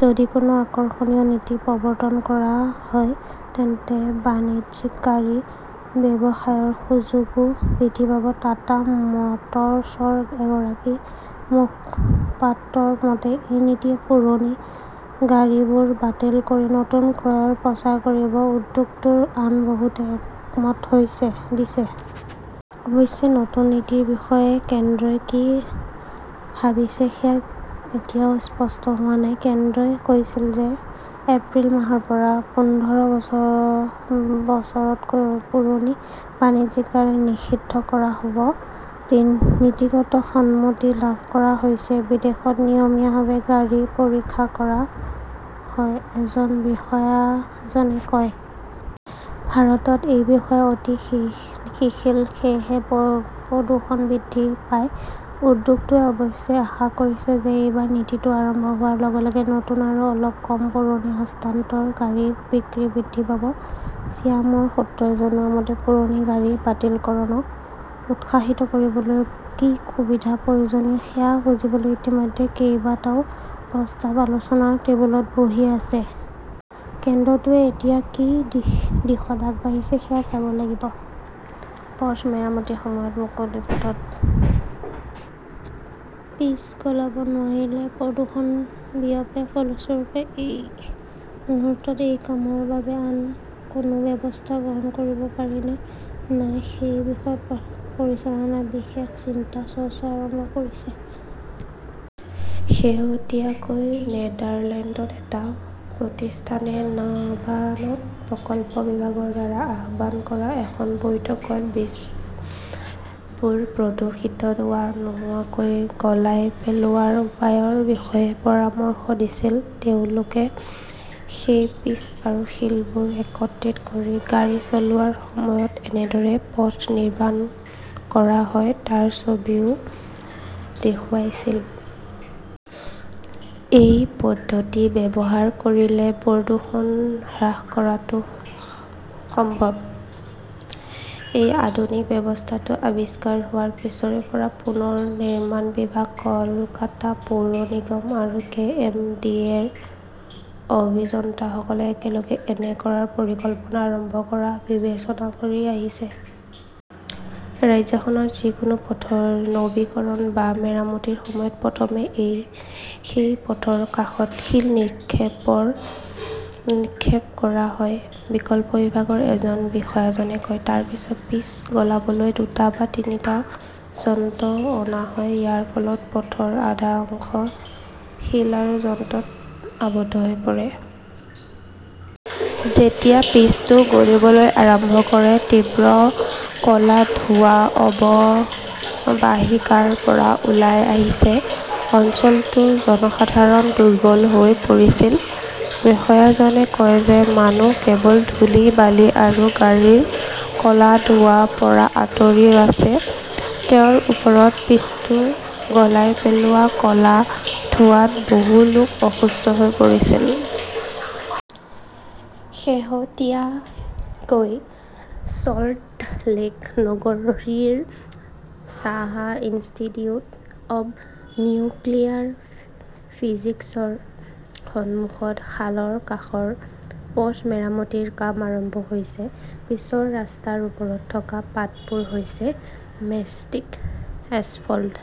যদি কোনো আকৰ্ষণীয় নীতি প্ৰৱৰ্তন কৰা হয়, তেন্তে বাণিজ্যিক গাড়ী ব্যৱসায়ৰ সুযোগো বৃদ্ধি পাব। টাটা মটৰ্ছৰ এগৰাকী মুখপাত্ৰৰ মতে, এই নীতিয়ে পুৰণি গাড়ীবোৰ বাতিল কৰি নতুন ক্ৰয়ৰ প্ৰচাৰ কৰিব। উদ্যোগটোৰ আন বহুতে একমত দিছে। অৱশ্যে নতুন নীতিৰ বিষয়ে কেন্দ্ৰই কি ভাবিছে, সেয়া এতিয়াও স্পষ্ট হোৱা নাই। কেন্দ্ৰই কৈছিল যে, এপ্ৰিল মাহৰ পৰা পোন্ধৰ বছৰতকৈ পুৰণি বাণিজ্যিক গাড়ী নিষিদ্ধ কৰা হব। নীতিগত সন্মতি লাভ কৰা হৈছে। "বিদেশত নিয়মীয়াভাৱে গাড়ী পৰীক্ষা কৰা হয়", এজন বিষয়াজনে কয়। ভাৰতত এই নিয়ম অতি শিথিল, সেয়েহে প্ৰদূষণ বৃদ্ধি পায়। "উদ্যোগটোৱে অৱশ্যে আশা কৰিছে যে, এইবাৰ নীতিটো আৰম্ভ হোৱাৰ লগে লগে নতুন আৰু অলপ কম পুৰণি হস্তান্তৰ গাড়ীৰ বিক্ৰী বৃদ্ধি পাব। ছিয়ামৰ সূত্ৰই জনোৱা মতে, পুৰণি গাড়ী বাতিলকৰণক উৎসাহিত কৰিবলৈ কি সুবিধা প্ৰয়োজনীয়, সেয়া বুজিবলৈ ইতিমধ্যে কেইবাটাও প্ৰস্তাৱ আলোচনাৰ টেবুলত বহি আছে। কেন্দ্ৰটোৱে এতিয়া কি দিশত আগবাঢ়িছে সেয়া চাব লাগিব। পথ মেৰামতিৰ সময়ত মুকলি পথত পিচ গলাব নোৱাৰিলে প্ৰদূষণ বিয়পে। ফলস্বৰূপে, এই মুহূৰ্তত এই কামৰ বাবে আন কোনো ব্যৱস্থা গ্ৰহণ কৰিব পাৰি নে নাই, সেই বিষয়ে পৰিচালনা বিভাগে চিন্তা-চৰ্চা আৰম্ভ কৰিছে। শেহতীয়াকৈ নেদাৰলেণ্ডৰ এটা প্ৰতিষ্ঠানে নবানত প্ৰকল্প বিভাগৰ দ্বাৰা আহ্বান কৰা এখন বৈঠকত পিচবোৰ প্ৰদূষিত নোহোৱাকৈ গলাই পেলোৱাৰ উপায়ৰ বিষয়ে পৰামৰ্শ দিছিল। তেওঁলোকে সেই পিচ আৰু শিলবোৰ একত্ৰিত কৰি গাড়ী চলোৱাৰ সময়ত কেনেদৰে পথ নিৰ্মাণ কৰা হয়, তাৰ ছবিও দেখুৱাইছিল। এই পদ্ধতি ব্যৱহাৰ কৰিলে প্ৰদূষণ হ্ৰাস কৰাটো সম্ভৱ হব। এই আধুনিক ব্যৱস্থাটো আৱিষ্কাৰ হোৱাৰ পিছৰে পৰা পুনৰ নিৰ্মাণ বিভাগ, কলকাতা পৌৰ নিগম আৰু কে. এম. ডি. এ. -ৰ অভিযন্তাসকলে একেলগে এনে কৰাৰ পৰিকল্পনা আৰম্ভ কৰাৰ কথা বিবেচনা কৰি আহিছে। ৰাজ্যখনৰ যিকোনো পথৰ নৱীকৰণ বা মেৰামতিৰ সময়ত প্ৰথমে সেই পথৰ কাষত শিল নিক্ষেপ কৰা হয়", প্ৰকল্প বিভাগৰ এজন বিষয়াজনে কয়। তাৰ পিছত পিচ গলাবলৈ দুটা বা তিনিটা যন্ত্ৰ অনা হয়। ইয়াৰ ফলত পথৰ আধা অংশ শিল আৰু যন্ত্ৰত আবদ্ধ হৈ পৰে। যেতিয়া পিচটো গলিবলৈ আৰম্ভ কৰে, তীব্ৰ ক'লা ধোঁৱা অৱবাহিকাৰ পৰা ওলাই আহে। অঞ্চলটোৰ জনসাধাৰণ দুৰ্বল হৈ পৰিছিল। বিষয়াজনে কয় যে, মানুহ কেৱল ধূলি, বালি আৰু গাড়ীৰ ক'লা ধোঁৱাৰ পৰা আঁতৰি আছে। তেওঁৰ ওপৰত পিচটো গলাই পেলোৱা ক'লা ধোঁৱাত বহু লোক অসুস্থ হৈ পৰিছিল। শেহতীয়াকৈ চল্টলেক নগৰীৰ চাহা ইনষ্টিটিউট অৱ নিউক্লিয়াৰ ফিজিক্সৰ সন্মুখত খালৰ কাষৰ পথ মেৰামতিৰ কাম আৰম্ভ হৈছে। পিচৰ ৰাস্তাৰ ওপৰত থকা পাতবোৰ হৈছে মেষ্টিক এছফল্ট।